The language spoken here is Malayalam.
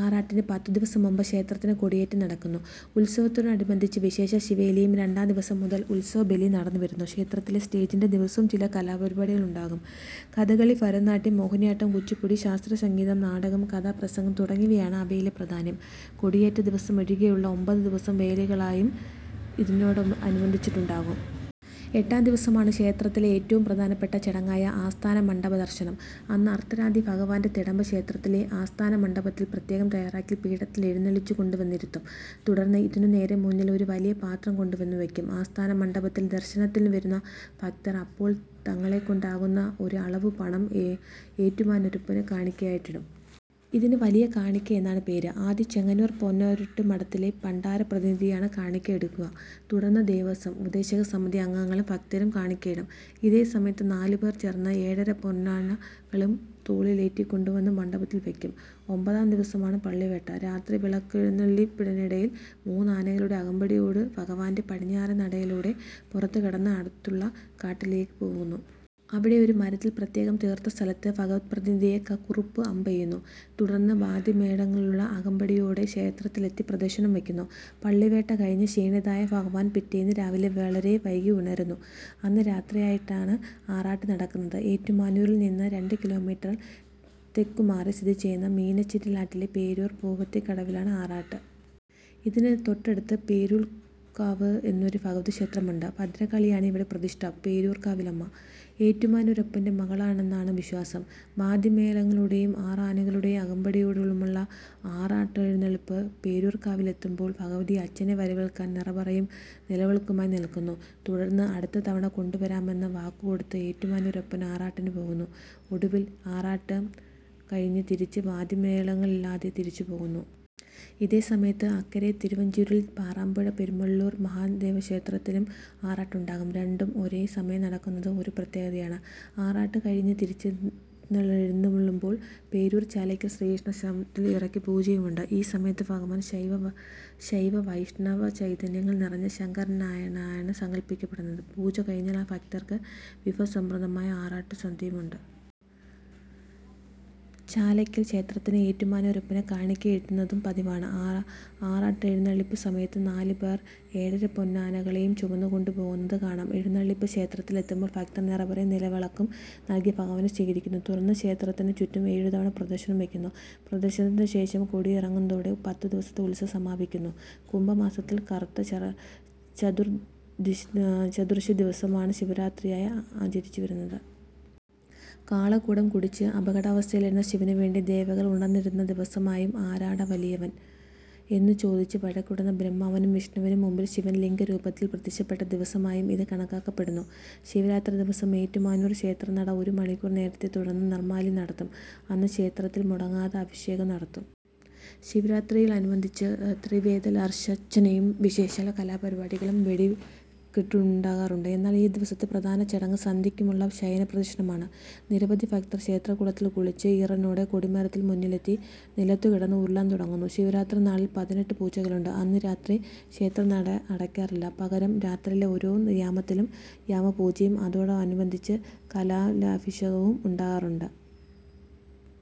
ആറാട്ടിന് പത്തുദിവസം മുമ്പ് ക്ഷേത്രത്തിൽ കൊടിയേറ്റം നടക്കുന്നു. ഉത്സവത്തോടനുബന്ധിച്ച് വിശേഷാൽ ശീവേലിയും രണ്ടാം ദിവസം മുതൽ ഉത്സവബലിയും നടന്നുവരുന്നു. ക്ഷേത്രത്തിലെ സ്റ്റേജിൽ ദിവസവും ചില കലാപരിപാടികളുണ്ടാകും. കഥകളി, ഭരതനാട്യം, മോഹിനിയാട്ടം, കുച്ചിപ്പുഡി, ശാസ്ത്രീയ സംഗീതം, നാടകം, കഥാപ്രസംഗം തുടങ്ങിയവയാണ് അവയിൽ പ്രധാനം. കൊടിയേറ്റദിവസമൊഴികെയുള്ള ഒമ്പത് ദിവസം വേലകളിയും ഇതിനോടനുബന്ധിച്ചുണ്ടാകും. എട്ടാം ദിവസമാണ് ക്ഷേത്രത്തിലെ ഏറ്റവും പ്രധാനപ്പെട്ട ചടങ്ങായ ആസ്ഥാനമണ്ഡപദർശനം. അന്ന് അർദ്ധരാത്രി ഭഗവാന്റെ തിടമ്പ് ക്ഷേത്രത്തിലെ ആസ്ഥാനമണ്ഡപത്തിൽ പ്രത്യേകം തയ്യാറാക്കിയ പീഠത്തിൽ എഴുന്നള്ളിച്ചുകൊണ്ടുവന്നിരുത്തും. തുടർന്ന് ഇതിന് നേരെ മുന്നിൽ ഒരു വലിയ പാത്രം കൊണ്ടുവന്നുവയ്ക്കും. ആസ്ഥാനമണ്ഡപത്തിൽ ദർശനത്തിനുവരുന്ന ഭക്തർ അപ്പോൾ തങ്ങളെക്കൊണ്ടാകുന്ന ഒരു അളവ് പണം ഏറ്റുമാനൂരപ്പന് കാണിയ്ക്കയായിടും. ഇതിന് 'വലിയ കാണിയ്ക്ക' എന്നാണ് പേര്. ആദ്യം ചെങ്ങന്നൂർ പൊന്നുരൂട്ട് മഠത്തിലെ പണ്ടാരപ്രതിനിധിയാണ് കാണിയ്ക്കയിടുക. തുടർന്ന് ദേവസ്വം, ഉപദേശകസമിതി അംഗങ്ങളും ഭക്തരും കാണിയ്ക്കയിടും. ഇതേ സമയത്ത്, നാലുപേർ ചേർന്ന് ഏഴരപ്പൊന്നാനകളെയും തോളിലേറ്റിക്കൊണ്ടുവന്ന് മണ്ഡപത്തിൽ വയ്ക്കും. ഒമ്പതാം ദിവസമാണ് പള്ളിവേട്ട. രാത്രി വിളക്കെഴുന്നള്ളിപ്പിനിടയിൽ മൂന്നാനകളുടെ അകമ്പടിയോടെ ഭഗവാൻ പടിഞ്ഞാറേ നടയിലൂടെ പുറത്തുകടന്ന് അടുത്തുള്ള കാട്ടിലേയ്ക്ക് പോകുന്നു. അവിടെ ഒരു മരത്തിൽ പ്രത്യേകം തീർത്ത സ്ഥലത്ത് ഭഗവദ്പ്രതിനിധിയായ കുറുപ്പ് അമ്പെയ്യുന്നു. തുടർന്ന് വാദ്യമേളങ്ങളുടെ അകമ്പടിയോടെ ക്ഷേത്രത്തിലെത്തി പ്രദക്ഷിണം വയ്ക്കുന്നു. പള്ളിവേട്ട കഴിഞ്ഞ് ക്ഷീണിതനായ ഭഗവാൻ പിറ്റേന്ന് രാവിലെ വളരെ വൈകി ഉണരുന്നു. അന്ന് രാത്രിയാണ് ആറാട്ട് നടക്കുന്നത്. ഏറ്റുമാനൂരിൽ നിന്ന് രണ്ട് കിലോമീറ്റർ തെക്കുമാറി സ്ഥിതിചെയ്യുന്ന മീനച്ചിലാറ്റിലെ പേരൂർ പൂവത്തുംകടവിലാണ് ആറാട്ട്. ഇതിന് തൊട്ടടുത്ത് 'പേരൂർക്കാവ്' എന്നൊരു ഭഗവതിക്ഷേത്രമുണ്ട്. ഭദ്രകാളിയാണ് ഇവിടെ പ്രതിഷ്ഠ. പേരൂർക്കാവിലമ്മ ഏറ്റുമാനൂരപ്പന്റെ മകളാണെന്നാണ് വിശ്വാസം. വാദ്യമേളങ്ങളോടെയും ആറാനകളുടെ അകമ്പടിയോടെയുമുള്ള ആറാട്ടെഴുന്നള്ളിപ്പ് പേരൂർക്കാവിലെത്തുമ്പോൾ ഭഗവതി അച്ഛനെ വരവേൽക്കാൻ നിറപറയും നിലവിളക്കുമായി നിൽക്കുന്നു. തുടർന്ന്, അടുത്ത തവണ കൊണ്ടുവരാമെന്ന് വാക്കുകൊടുത്ത് ഏറ്റുമാനൂരപ്പൻ ആറാട്ടിന് പോകുന്നു. ഒടുവിൽ, ആറാട്ട് കഴിഞ്ഞ് തിരിച്ച് വാദ്യമേളങ്ങളില്ലാതെ തിരിച്ചുപോകുന്നു. ഇതേ സമയത്ത്, അക്കരെ തിരുവഞ്ചൂരിൽ പാറാമ്പുഴ പെരിങ്ങള്ളൂർ മഹാദേവക്ഷേത്രത്തിലും ആറാട്ടുണ്ടാകും. രണ്ടും ഒരേ സമയം നടക്കുന്നത് ഒരു പ്രത്യേകതയാണ്. ആറാട്ട് കഴിഞ്ഞ് തിരിച്ചെഴുന്നള്ളുമ്പോൾ പേരൂർ ചാലയ്ക്കൽ ശ്രീകൃഷ്ണക്ഷേത്രത്തിൽ ഇറക്കിപ്പൂജയുമുണ്ട്. ഈ സമയത്ത് ഭഗവാൻ ശൈവ-വൈഷ്ണവചൈതന്യങ്ങൾ നിറഞ്ഞ ശങ്കരനാരായണനായി സങ്കല്പിയ്ക്കപ്പെടുന്നു. പൂജ കഴിഞ്ഞാൽ ഭക്തർക്ക് വിഭവസമൃദ്ധമായ ആറാട്ടുസദ്യയുമുണ്ട്. ചാലയ്ക്കൽ ക്ഷേത്രത്തിൽ ഏറ്റുമാനൂരപ്പന് കാണിയ്ക്കയിടുന്നതും പതിവാണ്. ആറാട്ടെഴുന്നള്ളിപ്പുസമയത്തും നാലുപേർ ഏഴരപ്പൊന്നാനകളെയും ചുമന്നുകൊണ്ടുപോകുന്നത് കാണാം. എഴുന്നള്ളിപ്പ് ക്ഷേത്രത്തിലെത്തുമ്പോൾ ഭക്തർ നിറപറയും നിലവിളക്കും നൽകി ഭഗവാനെ സ്വീകരിയ്ക്കുന്നു. തുടർന്ന്, ക്ഷേത്രത്തിനുചുറ്റും ഏഴുതവണ പ്രദക്ഷിണം വയ്ക്കുന്നു. പ്രദക്ഷിണത്തിനുശേഷം കൊടിയിറങ്ങുന്നതോടെ പത്തുദിവസത്തെ ഉത്സവം സമാപിയ്ക്കുന്നു. കുംഭമാസത്തിൽ കറുത്ത ചതുർദ്ദശിദിവസമാണ് ശിവരാത്രിയായി ആചരിച്ചുവരുന്നത്. കാളകൂടം കുടിച്ച് അപകടാവസ്ഥയിലായ ശിവനുവേണ്ടി ദേവകൾ ഉണർന്നിരുന്ന ദിവസമായും 'ആരാടാ വലിയവൻ? ' എന്നുചോദിച്ച് വഴക്കിടുന്ന ബ്രഹ്മാവിനും വിഷ്ണുവിനും മുമ്പിൽ ശിവൻ ലിംഗരൂപത്തിൽ പ്രത്യക്ഷപ്പെട്ട ദിവസമായും ഇത് കണക്കാക്കപ്പെടുന്നു. ശിവരാത്രിദിവസം ഏറ്റുമാനൂർ ക്ഷേത്രനട ഒരുമണിക്കൂർ നേരത്തെ തുറന്ന് നിർമ്മാല്യം നടത്തും. അന്ന് ക്ഷേത്രത്തിൽ മുടങ്ങാതെ അഭിഷേകം നടത്തും. ശിവരാത്രിയോടനുബന്ധിച്ച് ത്രിവേദലക്ഷാർച്ചനയും വിശേഷാൽ കലാപരിപാടുകളും വെടിക്കെട്ടുമുണ്ടാകാറുണ്ട്. എന്നാൽ, ഈ ദിവസത്തെ പ്രധാന ചടങ്ങ് സന്ധ്യയ്ക്കുള്ള ശയനപ്രദക്ഷിണമാണ്. നിരവധി ഭക്തർ ക്ഷേത്രക്കുളത്തിൽ കുളിച്ച് ഈറനോടെ കൊടിമരത്തിന് മുന്നിലെത്തി നിലത്തുകിടന്ന് ഉരുളാൻ തുടങ്ങുന്നു. ശിവരാത്രിനാളിൽ പതിനെട്ട് പൂജകളുണ്ട്. അന്ന് രാത്രി ക്ഷേത്രനടയടയ്ക്കില്ല. പകരം, രാത്രിയിലെ ഓരോ യാമത്തിലും യാമപൂജയും അതോടനുബന്ധിച്ച് കലശാഭിഷേകവുമുണ്ടാകാറുണ്ട്.